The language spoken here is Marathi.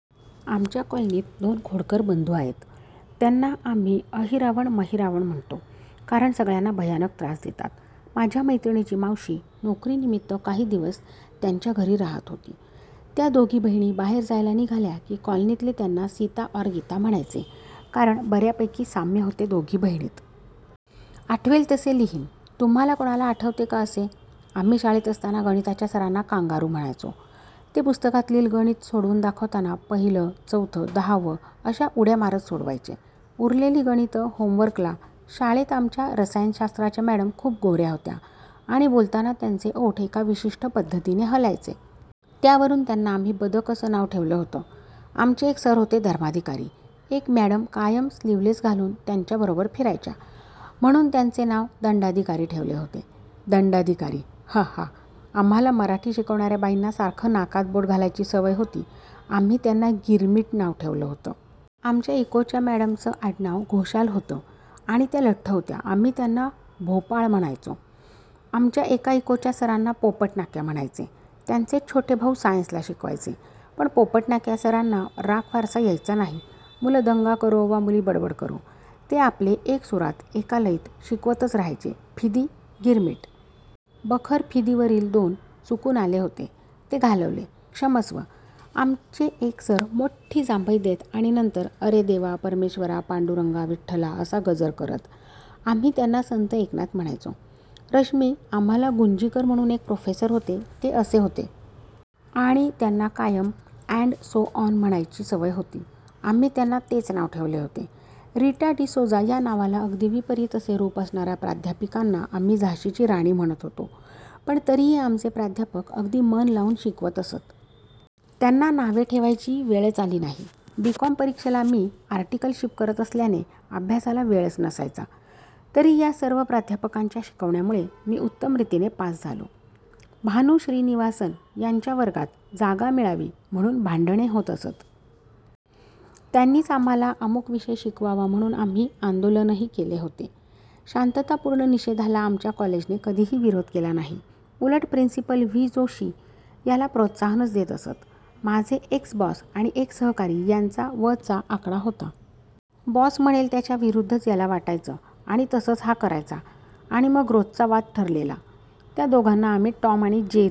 आमच्या कॉलनीत दोन खोडकर बन्धू आहेत. त्याना आम्ही अहीरावण-महीरावण म्हणतो. कारण सगळ्याना भयानक त्रास देतात. माझ्या मैत्रिणीची मावशी नोकरीनिमीत्त काही दिवस त्यान्च्या घरी रहात होती. त्या दोघी बहिणी बाहेर जायला निघाल्या की कॉलनीतले त्याना सीता और गीता म्हणायचे कारण बर्यापैकी साम्य होते दोघी बहिणीत. आठवेल तसे लिहीन, तुम्हाला कोणाला आठवते का असे? आम्ही शाळेत असताना गणिताच्या सरांना कांगारु म्हणायचो. ते पुस्तकातली गणित सोडवुन दाखवताना पहील्, चौथ, दहाव अश्या उड्या मारत सोडवायचे. उरलेली गणित होमवर्कला.. शाळेत आमच्या रसायनशास्त्राच्या मॅडम खूप गोर्या होत्या आणि बोलताना त्यांचे ओठ एका विशिष्ठ पद्धतीने हलायचे. त्यावरुन त्यांना आम्ही "बदक" असं नाव ठेवलं होतं. आमचे एक सर होते धर्माधिकारी. एक म्याडम कायम स्लीवलेस घालुन त्यांच्याबरोबर फिरायच्या. म्हणुन त्यांचे नाव दंडाधिकारी ठेवले होते. दन्डाधिकारी.:हाहा:आम्हाला मराठी शिकवणार्या बाईंना सारखं नाकात बोट घालायची सवय होती आम्ही त्यांना 'गिरमिट' नाव ठेवलं होत. आमच्या इकोच्या मॅडमचं आडनाव घोषाल होतं आणि त्या लठ्ठ होत्या आम्ही त्यांना भोपाळ म्हणायचो. आमच्या एका इकोच्या सराना पोपटनाक्या म्हणायचे, त्यान्चेच छोटे भाऊ सायन्सला शिकवायचे. पण पोपटनाक्या सराना राग फारसा यायचा नाही. मुल दन्गा करो, वा मुली बडबड करो, ते आपले एक सुरात, एका लयीत शिकवतच रहायचे.:फिदी:गिरमीट, बखर.:फिदी:वरील दोन चुकून आले होते.. ते घालवले.. क्षमस्व.. आमचे एक सर मोठ्ठी जांभई देत आणि नंतर "अरे देवा, परमेश्वरा, पांडुरंगा, विठठला" असा गजर करत. आम्ही त्यांना संत एकनाथ म्हणायचो. रश्मी, आम्हाला गुंजीकर म्हणून एक प्रोफेसर होते, ते असे होते. आणि त्यांना कायम अॅंड सो ऑन, म्हणायची सवय होती.. आम्ही त्यांना तेच नाव ठेवले होते. रिटा डिसोझा या नावाला अगदी विपरीत असे रुप असणार्या प्राध्यापिकांना आम्ही झाशीची राणी म्हणत होतो. पण तरीही आमचे प्राध्यापक अगदी मन लावून शिकवत असत. त्यांना नावे ठेवायची वेळच आली नाही. बी कॉम परीक्षेला तर मी आर्टिकलशिप करत असल्याने, अभ्यासाला वेळच नसायचा. तरी या सर्व प्राध्यापकांच्या शिकवण्यामूळे मी उत्तम रितीने पास झालो. भानू श्रीनिवासन यांच्या वर्गात जागा मि़ळावी म्हणून भांडणे होत असत. त्यांनीच आम्हाला अमूक विषय शिकवावा म्हणून आम्ही आंदोलनही केले होते. शांततापूर्ण निषेधाला आमच्या कॉलेजने कधीही विरोध केला नाही. उलट प्रिन्सिपल व्ही. जोशी याला प्रोत्साहनच देत असत. माझे एक्स बॉस आणि एक सहकारी यांचा व चा आकडा होता. बॉस म्हणेल त्याच्या विरुद्धच याला वाटायचं आणि तसंच हा करायचा आणि मग रोजचा वाद ठरलेला. त्या दोघांना आम्ही टॉम आणि जेरी